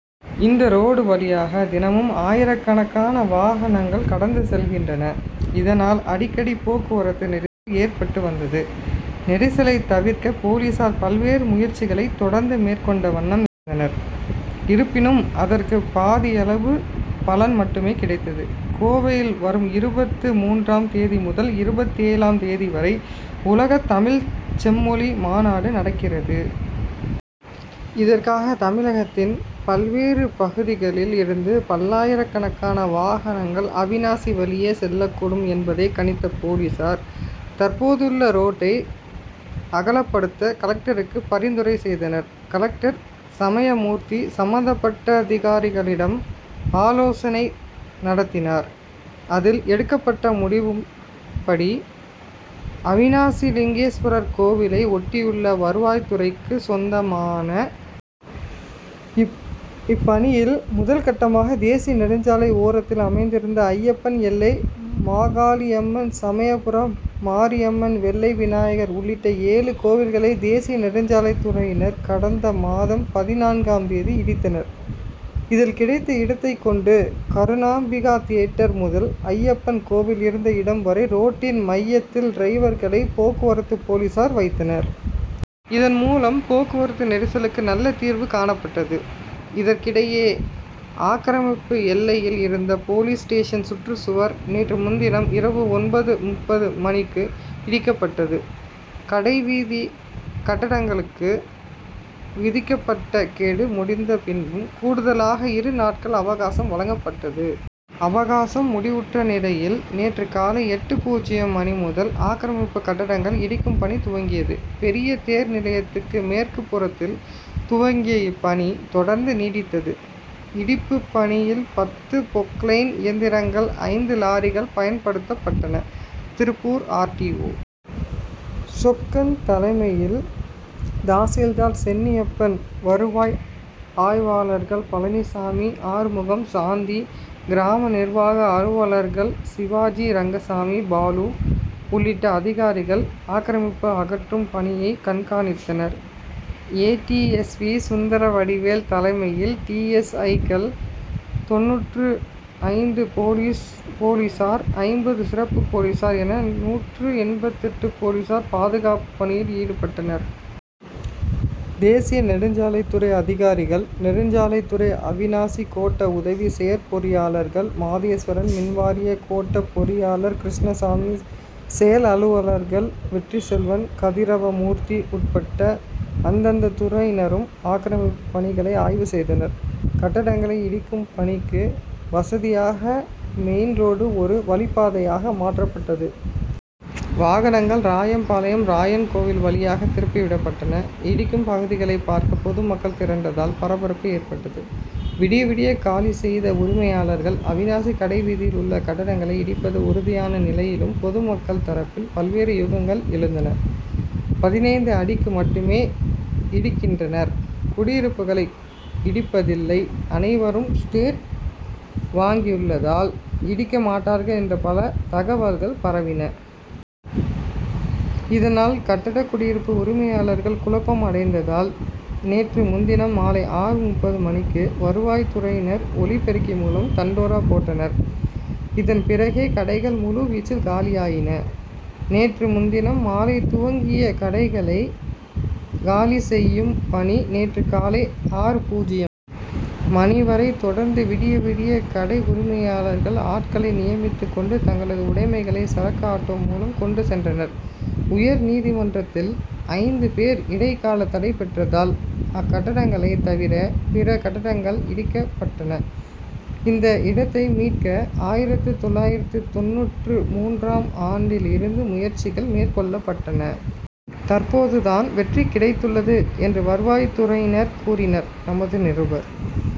இந்த ரோடு வழியாக தினமும் ஆயிரக்கணக்கான வாகனங்கள் கடந்து செல்கின்றன. இதனால் அடிக்கடி போக்குவரத்து நெரிசல் ஏற்பட்டு வந்தது. நெரிசலை தவிர்க்க போலீசார் பல்வேறு முயற்சிகளை தொடர்ந்து மேற்கொண்ட வண்ணம் இருந்தனர். இருப்பினும் அதற்கு பாதியளவு பலன் மட்டுமே கிடைத்தது. கோவையில் வரும் இருபத்து மூன்றாம் தேதி முதல் இருபத்தேழாம் தேதி வரை உலகத் தமிழ்ச் செம்மொழி மாநாடு நடக்கிறது. இதற்காக தமிழகத்தின் பல்வேறு பகுதிகளில் இருந்து பல்லாயிரக்கணக்கான வாகனங்கள் அவிநாசி வழியே செல்லக்கூடும் என்பதை கணித்த போலீசார் தற்போதுள்ள ரோட்டை அகலப்படுத்த கலெக்டருக்கு பரிந்துரை செய்தனர். கலெக்டர் சமயமூர்த்தி சம்பந்தப்பட்ட திகாரிகளிடம் ஆலோசனை நடத்தினார். அதில் எடுக்கப்பட்ட முடிவுப்படி அவிநாசிலிங்கேஸ்வரர் கோவிலை ஒட்டியுள்ள வருவாய்த்துறைக்கு சொந்தமான இப்பணியில் முதல்கட்டமாக தேசிய நெடுஞ்சாலை ஓரத்தில் அமைந்திருந்த அய்யப்பன் எல்லை மாகாளியம்மன் சமயபுரம் மாரியம்மன் வெள்ளை விநாயகர் உள்ளிட்ட ஏழு கோவில்களை தேசிய நெடுஞ்சாலைத்துறையினர் கடந்த மாதம் பதினான்காம் தேதி இடித்தனர். இதில் கிடைத்த இடத்தை கொண்டு கருணாம்பிகா தியேட்டர் முதல் அய்யப்பன் கோவில் இருந்த இடம் வரை ரோட்டின் மையத்தில் டிவைடர்களை போக்குவரத்து போலீசார் வைத்தனர். இதன் மூலம் போக்குவரத்து நெரிசலுக்கு நல்ல தீர்வு காணப்பட்டது. இதற்கிடையே க. ஆக்கிரமிப்பு எல்லையில் இருந்த போலீஸ் ஸ்டேஷன் சுற்றுச்சுவர் நேற்று முன்தினம் இரவு ஒன்பது.முப்பது மணிக்கு இடிக்கப்பட்டது. கடை வீதி கட்டடங்களுக்கு விதிக்கப்பட்ட கெடு முடிந்த பின்பும் கூடுதலாக இரு நாட்கள் அவகாசம் வழங்கப்பட்டது. அவகாசம் முடிவுற்ற நிலையில் நேற்று காலை எட்டு.பூஜ்யம் மணி முதல் ஆக்கிரமிப்பு கட்டடங்கள் இடிக்கும் பணி துவங்கியது. பெரிய தேர் நிலையத்துக்கு மேற்குப்புறத்தில் துவங்கிய இப்பணி தொடர்ந்து நீடித்தது. இடிப்பு பணியில் பத்து பொக்லைன் இயந்திரங்கள் ஐந்து லாரிகள் பயன்படுத்தப்பட்டன. Tiruppur R. D. O. Chokkan தலைமையில் தாசில்தார் சென்னியப்பன் வருவாய் ஆய்வாளர்கள் பழனிசாமி ஆறுமுகம் சாந்தி கிராம நிர்வாக அலுவலர்கள் சிவாஜி ரங்கசாமி பாலு உள்ளிட்ட அதிகாரிகள் ஆக்கிரமிப்பு அகற்றும் பணியை கண்காணித்தனர். A. D. S. P. Sundaravadivel தலைமையில் டி. எஸ். ஐ.க்கள் தொண்ணூற்று ஐந்து போலீசார் ஐம்பது சிறப்பு போலீசார் என நூற்று எண்பத்தெட்டு போலீசார் பாதுகாப்பு பணியில் ஈடுபட்டனர். தேசிய நெடுஞ்சாலைத்துறை அதிகாரிகள் நெடுஞ்சாலைத்துறை அவிநாசி கோட்ட உதவி செயற்பொறியாளர் மாதேஸ்வரன் மின்வாரிய கோட்ட பொறியாளர் கிருஷ்ணசாமி செயல் அலுவலர்கள் வெற்றிச்செல்வன் கதிரவமூர்த்தி உட்பட அந்தந்த துறையினரும் ஆக்கிரமிப்பு பணிகளை ஆய்வு செய்தனர். கட்டடங்களை இடிக்கும் பணிக்கு வசதியாக மெயின் ரோடு ஒரு வழிப்பாதையாக மாற்றப்பட்டது. வாகனங்கள் ராயம்பாளையம் ராயன் கோவில் வழியாக திருப்பி விடப்பட்டன. இடிக்கும் பகுதிகளை பார்க்க பொதுமக்கள் திரண்டதால் பரபரப்பு ஏற்பட்டது. விடிய விடிய காலி செய்த உரிமையாளர்கள் அவிநாசி கடை வீதியில் உள்ள கட்டடங்களை இடிப்பது உறுதியான நிலையிலும் பொதுமக்கள் தரப்பில் பல்வேறு யூகங்கள் எழுந்தன. பதினைந்து அடிக்கு மட்டுமே இடிக்கின்றனர் குடியிருப்புகளை இடிப்பதில்லை அனைவரும் ஸ்டே வாங்கியுள்ளதால் இடிக்க மாட்டார்கள் என்ற பல தகவல்கள் பரவின. இதனால் கட்டட குடியிருப்பு உரிமையாளர்கள் குழப்பம் அடைந்ததால் நேற்று முன்தினம் மாலை ஆறு.முப்பது மணிக்கு வருவாய்த்துறையினர் ஒலி பெருக்கி மூலம் தண்டோரா போட்டனர். இதன் பிறகே கடைகள் முழு வீச்சில் காலியாயின. நேற்று முன்தினம் மாலை துவங்கிய கடைகளை காலி செய்யும் பணி நேற்று காலை ஆறு.பூஜ்யம் மணி வரை தொடர்ந்தது. விடிய விடிய கடை உரிமையாளர்கள் ஆட்களை நியமித்துக் கொண்டு தங்களது உடைமைகளை சரக்கு ஆட்டோ மூலம் கொண்டு சென்றனர். உயர் நீதிமன்றத்தில் ஐந்து பேர் இடைக்கால தடை பெற்றதால் அக்கட்டடங்களை தவிர பிற கட்டடங்கள் இடிக்கப்பட்டன. இந்த இடத்தை மீட்க ஆயிரத்து தொள்ளாயிரத்து தொண்ணூற்று மூன்றாம் ஆண்டில் இருந்து முயற்சிகள் மேற்கொள்ளப்பட்டன. தற்போது தான் வெற்றி கிடைத்துள்ளது என்று வருவாய்த்துறையினர் கூறினர். நமது நிருபர்